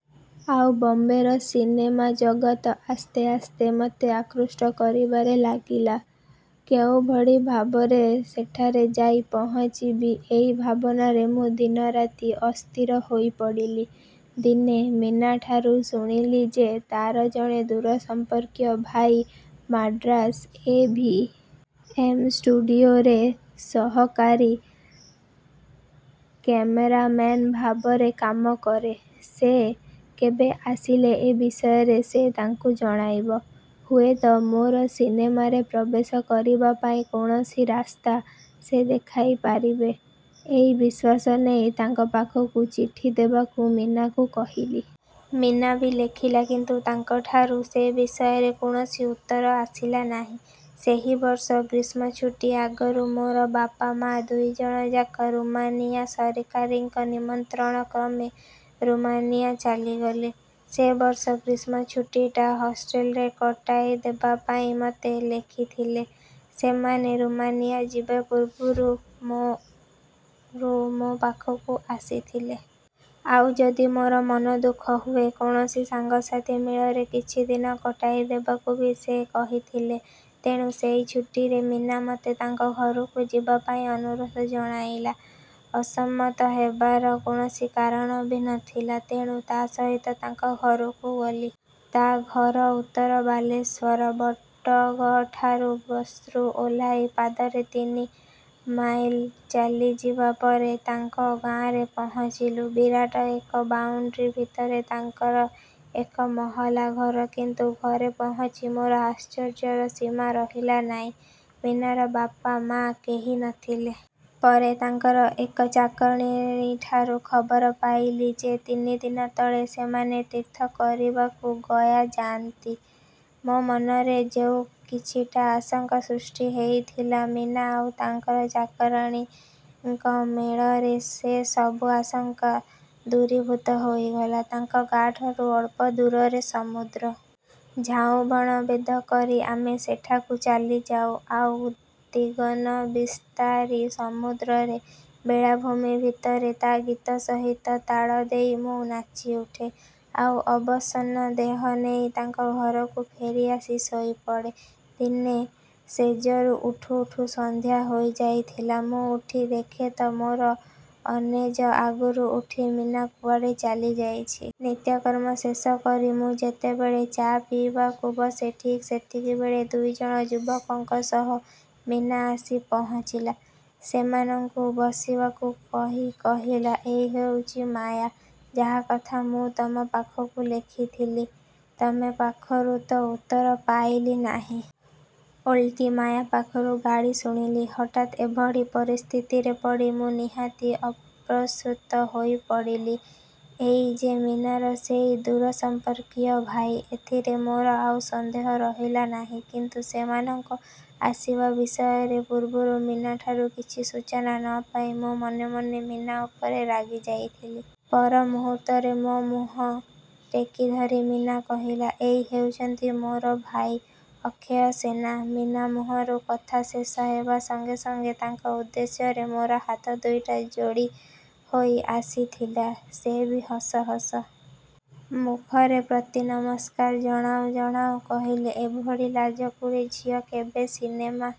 ଆଉ ବମ୍ବେର ସିନେମା ଜଗତ ଆସ୍ତେ ଆସ୍ତେ ମୋତେ ଆକୃଷ୍ଟ କରିବାରେ ଲାଗିଲା। କୋଉଭଳି ଭାବରେ ସେଠାରେ ଯାଇ ପହଞ୍ଚିବି ଏଇ ଭାବନାରେ ମୁଁ ଦିନରାତି ଅସ୍ଥିର ହେଇପଡ଼ିଲି। ଦିନେ ମୀନାଠାରୁ ଶୁଣିଲି ଯେ ତା'ର ଜଣେ ଦୂର ସମ୍ପର୍କୀୟ ଭାଇ ମାଡ୍ରାସର ଏ. ଭି. ଏମ. ଷ୍ଟୁଡ଼ିଓରେ ସହକାରୀ କ୍ୟମେରାମ୍ୟାନ ଭାବରେ କାମ କରେ। ସେ କେବେ ଆସିଲେ ଏ ବିଷୟରେ ସେ ତାଙ୍କୁ ଜଣାଇବ। ହୁଏତ ମୋର ସିନେମାରେ ପ୍ରବେଶ କରିବା ପାଇଁ କୌଣସି ରାସ୍ତା ସେ ଦେଖାଇପାରିବେ। ଏଇ ବିଶ୍ୱାସ ନେଇ ତାଙ୍କ ପାଖକୁ ଚିଠି ଦେବାକୁ ମୀନାକୁ କହିଲି। ମୀନା ବି ଲେଖିଲା କିନ୍ତୁ ତାଙ୍କଠାରୁ ସେ ବିଷୟରେ କୌଣସି ଉତ୍ତର ଆସିଲା ନାହିଁ। ସେହି ବର୍ଷ ଗ୍ରୀଷ୍ମଛୁଟି ଆଗରୁ ମୋର ବାପା, ମା ଦୁଇଜଣଯାକ ରୁମାନିୟା ସରକାରଙ୍କ ନିମନ୍ତ୍ରଣକ୍ରମେ ରୁମାନିୟା ଚାଲିଗଲେ। ସେ ବର୍ଷ ଗ୍ରୀଷ୍ମଛୁଟିଟା ହଷ୍ଟେଲରେ କଟାଇଦେବାପାଇଁ ମୋତେ ଲେଖିଥିଲେ। ସେମାନେ ରୁମାନିୟା ଯିବା ପୂର୍ବରୁ ବି ମୋ ପାଖକୁ ଆସିଥିଲେ। ଆଉ ଯଦି ମୋର ମନଦୁଃଖ ହୁଏ, କୌଣସି ସାଙ୍ଗସାଥୀ ମେଳରେ କିଛିଦିନ କଟାଇଦେବାକୁ ବି ସେ କହିଥିଲେ ତେଣୁ ସେଇ ଛୁଟିରେ ମୀନା ମୋତେ ତାଙ୍କ ଘରକୁ ଯିବାପାଇଁ ଅନୁରୋଧ ଜଣାଇଲା। ଅସମ୍ମତ ହେବାର କୌଣସି କାରଣ ବି ନ ଥିଲା, ତେଣୁ ତା ସହିତ ତାଙ୍କ ଘରକୁ ଗଲି। ତା ଘର ଉତ୍ତର ବାଲେଶ୍ୱରରେ। ବଟଗଠାରୁ ବସ୍ରୁ ଓହ୍ଲାଇ ପାଦରେ ତିନି ମାଇଲ ଚାଲିଯିବା ପରେ ତାଙ୍କ ଗାଆଁରେ ପହଞ୍ଚିଲୁଁ। ବିରାଟ ଏକ ବାଉଣ୍ଡରୀ ଭିତରେ ତାଙ୍କର ଏକମହଲା ଘର କିନ୍ତୁ ଘରେ ପହଞ୍ଚି ମୋର ଆଶ୍ଚର୍ଯ୍ୟର ସୀମା ରହିଲା ନାହିଁ। ମୀନାର ବାପା, ମା କେହି ନ ଥିଲେ। ପରେ ତାଙ୍କର ଏକ ଚାକରାଣୀଠାରୁ ଖବର ପାଇଲି ଯେ ତିନିଦିନ ତଳେ ସେମାନେ ତୀର୍ଥ କରିବାକୁ ଗୟା ଯାଇଛନ୍ତି। ମୋ ମନରେ ଯୋଉ କିଛିଟା ଆଶଙ୍କା ସୃଷ୍ଟି ହେଇଥିଲା, ମୀନା ଆଉ ତାଙ୍କର ଚାକରଚାକରାଣୀଙ୍କ ମେଳରେ ସେ ସବୁ ଆଶଙ୍କା ଦୂରୀଭୂତ ହେଇଗଲା। ତାଙ୍କ ଗାଆଁଠାରୁ ଅଳ୍ପ ଦୂରରେ ସମୁଦ୍ର।। ଝାଉଁବଣ ଭେଦ କରି ଆମେ ସେଠାକୁ ଚାଲିଯାଉଁ। ଆଉ ଦିଗନ୍ତବିସ୍ତାରୀ ସମୁଦ୍ରର ବେଳାଭୂମି ଭିତରେ ତା ଗୀତ ସହିତ ତାଳ ଦେଇ ମୁଁ ନାଚିଉଠେ। ଆଉ ଅବସନ୍ନ ଦେହ ନେଇ ତାଙ୍କ ଘରକୁ ଫେରିଆସି ଶୋଇପଡ଼େ। ଦିନେ ଶେଯରୁ ଉଠୁ ଉଠୁ ସନ୍ଧ୍ୟା ହେଇଯାଇଥିଲା, ମୁଁ ଉଠି ଦେଖେ ତ ମୋର ଅନେଜ ଆଗରୁ ଉଠି ମୀନା କୁଆଡ଼େ ଚାଲିଯାଇଛି। ନିତ୍ୟକର୍ମ ଶେଷ କରି ମୁଁ ଯେତେବେଳେ ଚା' ପିଇବାକୁ ବସେ ଠିକ୍ ସେତିକିବେଳେ ଦୁଇଜଣ ଯୁବକଙ୍କ ସହ ମୀନା ଆସି ପହଞ୍ଚିଲା। ସେମାନଙ୍କୁ ବସିବାକୁ କହି କହିଲା, 'ଏଇ ହେଉଛି ମାୟା, ଯାହା କଥା ମୁଁ ତମ ପାଖକୁ ଲେଖିଥିଲି। ତମ ପାଖରୁ ତ ଉତ୍ତର ପାଇଲି ନାହିଁ। ଓଲଟି ମାୟା ପାଖରୁ ଗାଳି ଶୁଣିଲି। ହଠାତ୍ ଏଭଳି ପରିସ୍ଥିତିରେ ପଡ଼ି ମୁଁ ନିହାତି ଅପ୍ରସ୍ତୁତ ହୋଇପଡ଼ିଲି। ଏଇ ଯେ ମୀନାର ସେଇ ଦୂରସମ୍ପର୍କୀୟ ଭାଇ, ଏଥିରେ ମୋର ଆଉ ସନ୍ଦେହ ରହିଲା ନାହିଁ କିନ୍ତୁ ସେମାନଙ୍କ ଆସିବା ବିଷୟରେ ପୂର୍ବରୁ ମୀନାଠାରୁ କିଛି ସୂଚନା ନ ପାଇ, ମୁଁ ମନେ ମନେ ମୀନା ଉପରେ ରାଗିଯାଇଥିଲି। ପର ମୁହୂର୍ତ୍ତରେ ମୋ ମୁହଁ ଟେକିଧରି ମୀନା କହିଲା, 'ଏଇ ହେଉଛନ୍ତି ମୋର ଭାଇ ଅକ୍ଷୟ ସେନ। ' ମୀନା ମୁହଁରୁ କଥା ଶେଷ ହେବା ସଙ୍ଗେ ସଙ୍ଗେ ତାଙ୍କ ଉଦ୍ଦେଶ୍ୟରେ ମୋର ହାତ ଦୁଇଟା ଯୋଡ଼ି ହୋଇ ଆସିଥିଲା। ସେ ବି ହସ ହସ ମୁଖରେ ପ୍ରତିନମସ୍କାର ଜଣାଉ ଜଣାଉ କହିଲେ, 'ଏଭଳି ଲାଜକୁଳୀ ଝିଅ କେବେ ସିନେମା